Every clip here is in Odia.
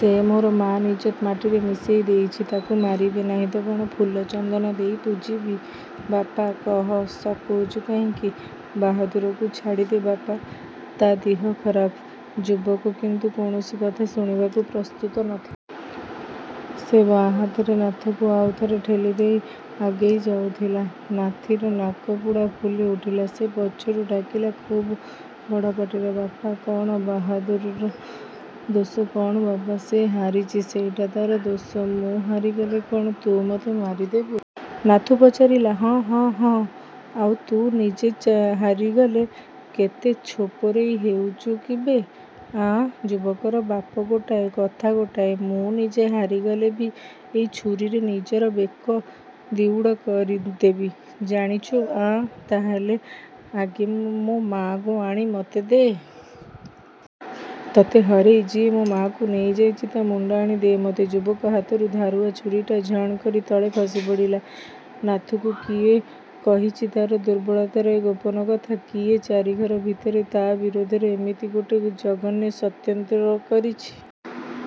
"ସେ ମୋର ମାନ ଇଜ୍ଜତ ମାଟିରେ ମିଶେଇ ଦେଇଛି। ତାକୁ ମାରିବି ନାହିଁ ତ କଣ ଫୁଲ ଚନ୍ଦନ ଦେଇ ପୂଜିବି?" "ବାପା!" "କହ। ସକଉଛୁ କାହିଁକି?" "ବାହାଦୁରକୁ ଛାଡ଼ିଦେ ବାପା। ତା ଦିହ ଖରାପ।" ସୁବଳ କିନ୍ତୁ କୌଣସି କଥା ଶୁଣିବାକୁ ପ୍ରସ୍ତୁତ ନଥିଲା। ସେ ବାଁ ହାତରେ ନାଥୁକୁ ଆଉ ଥରେ ଠେଲିଦେଇ ଆଗେଇ ଯାଉଥିଲା। ନାଥୁର ନାକପୁଡ଼ା ଫୁଲି ଉଠିଲା। ସେ ପଛରୁ ଡାକିଲା, ଖୁବ୍ ବଡ଼ ପାଟିରେ, "ବାପା!" "କଣ?" "ବାହାଦୁରର ଦୋଷ କଣ ବାପା?" "ସେ ହାରିଛି। ସେଇଟା ତାର ଦୋଷ।" "ମୁଁ ହାରିଗଲେ କଣ ତୁ ମୋତେ ମାରିଦେବୁ?" ନାଥୁ ପଚାରିଲା। "ହଁ, ହଁ, ହଁ।" "ଆଉ ତୁ ନିଜେ ହାରିଗଲେ?" "କେତେ ଛୋପରେଇ ହେଉଛି କିବେ, ଆଁ!" ସୁବଳର ବାପ ଗୋଟାଏ, କଥା ଗୋଟାଏ। "ମୁଁ ନିଜେ ହାରିଗଲେ ବି ଏଇ ଛୁରୀରେ ନିଜର ବେକ ଦିଗଡ଼ କରିଦେବି। ଜାଣିଛୁ, ଆଁ!" "ତାହାହେଲେ ଆଗେ ମୋ ମାଆକୁ ଆଣି ମୋତେ ଦେ। ତୋତେ ହରେଇ ଯିଏ ମୋ ମାଆକୁ ନେଇଯାଇଛି ତା ମୁଣ୍ଡ ଆଣି ଦେ ମୋତେ" ସୁବଳ ହାତରୁ ଧାରୁଆ ଛୁରୀଟା ଝଣ୍ କରି ତଳେ ଖସିପଡ଼ିଲା। ନାଥୁକୁ କିଏ କହିଛି ତାର ଦୁର୍ବଳତାର ଏ ଗୋପନ କଥା? କିଏ ତାରି ଘର ଭିତରେ ତା ବିରୋଧରେ ଏମିତି ଗୋଟେ ଜଘନ୍ୟ ଷଡ୍ଯନ୍ତ୍ର କରିଛି?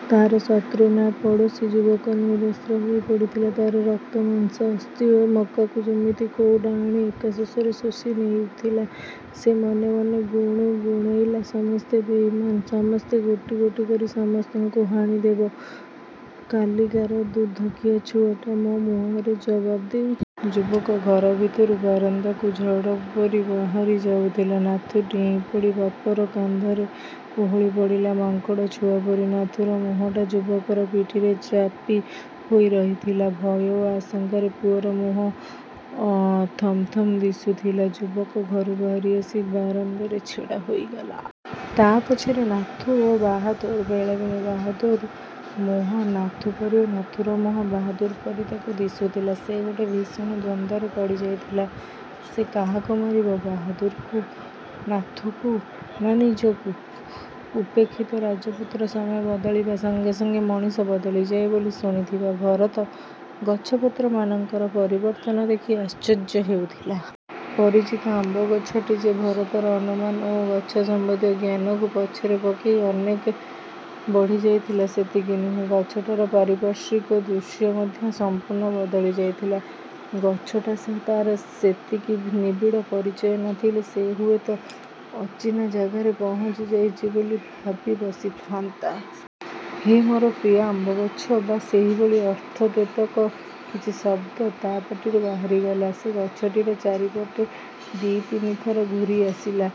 ତାର ଶତ୍ରୁ ନା ପଡ଼ୋଶୀ? ସୁବଳ ନିରସ୍ତ ହୋଇପଡ଼ିଥିଲା। ତାର ରକ୍ତ, ମାଂସ, ଅସ୍ଥି ଓ ମଜ୍ଜାକୁ ଯେମିତି କୋଉ ଡାଆଣୀ ଏକା ଶୋଷରେ ଶୋଷି ନେଇଥିଲା। ସେ ମନେ ମନେ ଗୁଣୁଗୁଣେଇଲା, 'ସମସ୍ତେ ବେଇମାନ୍। ସମସ୍ତେ। ଗୋଟି ଗୋଟି କରି ସମସ୍ତଙ୍କୁ ହାଣିଦେବ। କାଲିକାର ଦୁଧଖିଆ ଛୁଆଟା ମୋ ମୁହଁରେ ଜବାବ ଦେଉଛି!' ସୁବଳ ଘର ଭିତରୁ ବାରନ୍ଦାକୁ ଝଡ଼ ପରି ବାହାରି ଯାଉଥିଲା। ନାଥୁ ଡେଇଁପଡ଼ି ବାପର କାନ୍ଧରେ ଓହଳିପଡ଼ିଲା ମାଙ୍କଡ଼ ଛୁଆ ପରି। ନାଥୁର ମୁହଁଟା ସୁବଳର ପିଠିରେ ଚାପି ହୋଇ ରହିଥିଲା। ଭୟ ଓ ଆଶଙ୍କାରେ ପୁଅର ମୁହଁ ଥମଥମ ଦିଶୁଥିଲା। ସୁବଳ ଘରୁ ବାହାରି ଆସି ବାରନ୍ଦାରେ ଛିଡ଼ା ହୋଇଗଲା। ତା ପଛରେ ନାଥୁ ଓ ବାହାଦୁର୍। ବେଳେବେଳେ ବାହାଦୁର୍ର ମୁହଁ ନାଥୁ ପରି ଓ ନାଥୁର ମୁହଁ ବାହାଦୁର୍ ପରି ତାକୁ ଦିଶୁଥିଲା। ସେ ଗୋଟେ ଭୀଷଣ ଦ୍ୱନ୍ଦ୍ୱରେ ପଡ଼ିଯାଇଥିଲା। ସେ କାହାକୁ ମାରିବ? ବାହାଦୁର୍କୁ? ନାଥୁକୁ? ନା ନିଜକୁ? ଉପେକ୍ଷିତ ରାଜପୁତ୍ର ସମୟ ବଦଳିବା ସଙ୍ଗେ ସଙ୍ଗେ ମଣିଷ ବଦଳିଯାଏ ବୋଲି ଶୁଣିଥିବା ଭରତ ଗଛପତ୍ରମାନଙ୍କର ପରିବର୍ତ୍ତନ ଦେଖି ଆଶ୍ଚର୍ଯ୍ୟ ହେଉଥିଲା। ପରିଚିତ ଆମ୍ବ ଗଛଟି ଯେ ଭରତର ଅନୁମାନ ଓ ଗଛ ସମ୍ବନ୍ଧୀୟ ଜ୍ଞାନକୁ ପଛରେ ପକେଇ ଅନେକ ବଢ଼ିଯାଇଥିଲା ସେତିକି ନୁହେଁ, ଗଛଟାର ପାରିପାର୍ଶ୍ୱିକ ଦୃଶ୍ୟ ମଧ୍ୟ ସଂପୂର୍ଣ୍ଣ ବଦଳି ଯାଇଥିଲା। ଗଛଟା ସହ ତାର ସେତିକି ନିବିଡ଼ ପରିଚୟ ନଥିଲେ ସେ ହୁଏତ ଅଚିହ୍ନା ଜାଗାରେ ପହଞ୍ଚିଯାଇଛି ବୋଲି ଭାବିବସିଥାନ୍ତା। 'ହେ ମୋର ପ୍ରିୟ ଆମ୍ବଗଛ' ବା ସେହିଭଳି ଅର୍ଥଦ୍ୟୋତକ କିଛି ଶବ୍ଦ ତା ପାଟିରୁ ବାହାରିଗଲା। ସେ ଗଛଟିର ଚାରିପଟେ ଦି ତିନିଥର ଘୂରି ଆସିଲା,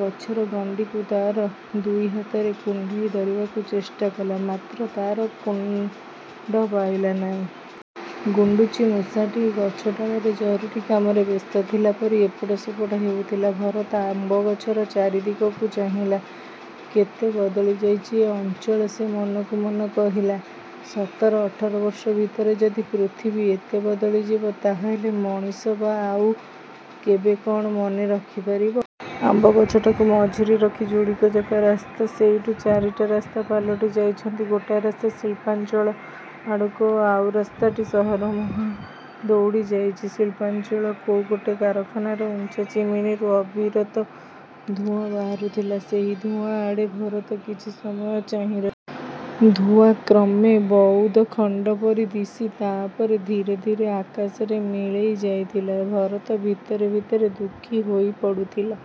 ଗଛର ଗଣ୍ଡିକୁ ତାର ଦୁଇ ହାତରେ କୁଣ୍ଢେଇ ଧରିବାକୁ ଚେଷ୍ଟା କଲା, ମାତ୍ର ତାର କୁଣ୍ଢ ପାଇଲା ନାହିଁ। ଗୁଣ୍ଡୁଚିମୂଷାଟିଏ ଗଛ ଡାଳରେ ଜରୁରୀ କାମରେ ବ୍ୟସ୍ତ ଥିଲା ପରି ଏପଟ ସେପଟ ହେଉଥିଲା। ଭରତ ଆମ୍ବଗଛର ଚାରିଦିଗକୁ ଚାହିଁଲା। କେତେ ବଦଳିଯାଇଛି ଏ ଅଞ୍ଚଳ ସେ ମନକୁ ମନ କହିଲା। ସତର-ଅଠର ବର୍ଷ ଭିତରେ ଯଦି ପୃଥିବୀ ଏତେ ବଦଳିଯିବ ତାହାହେଲେ ମଣିଷ ବା ଆଉ କେତେ କଣ ମନେ ରଖିପାରିବ? ଆମ୍ବଗଛଟାକୁ ମଝିରେ ରଖି ଯୋଡ଼ିକଯାକ ରାସ୍ତା ସେଇଠୁ ଚାରିଟା ରାସ୍ତା ପାଲଟି ଯାଇଛନ୍ତି। ଗୋଟାଏ ରାସ୍ତା ଶିଳ୍ପାଞ୍ଚଳ ଆଡ଼କୁ ଓ ଆର ରାସ୍ତାଟି ସହରମୁହାଁ ଦଉଡ଼ି ଯାଇଛି। ଶିଳ୍ପାଞ୍ଚଳ କୋଉ ଗୋଟେ କାରଖାନାର ଉଚ୍ଚା ଚିମିନୀରୁ ଅବିରତ ଧୂଆଁ ବାହାରୁଥିଲା। ସେହି ଧୂଆଁ ଆଡ଼େ ଭରତ କିଛି ସମୟ ଚାହିଁ ରହିଲା। ଧୂଆଁ କ୍ରମେ ବଉଦଖଣ୍ଡ ପରି ଦିଶି ତାପରେ ଧୀରେ ଧୀରେ ଆକାଶରେ ମିଳେଇ ଯାଉଥିଲା। ଭରତ ଭିତରେ ଭିତରେ ଦୁଃଖୀ ହୋଇପଡ଼ୁଥିଲା।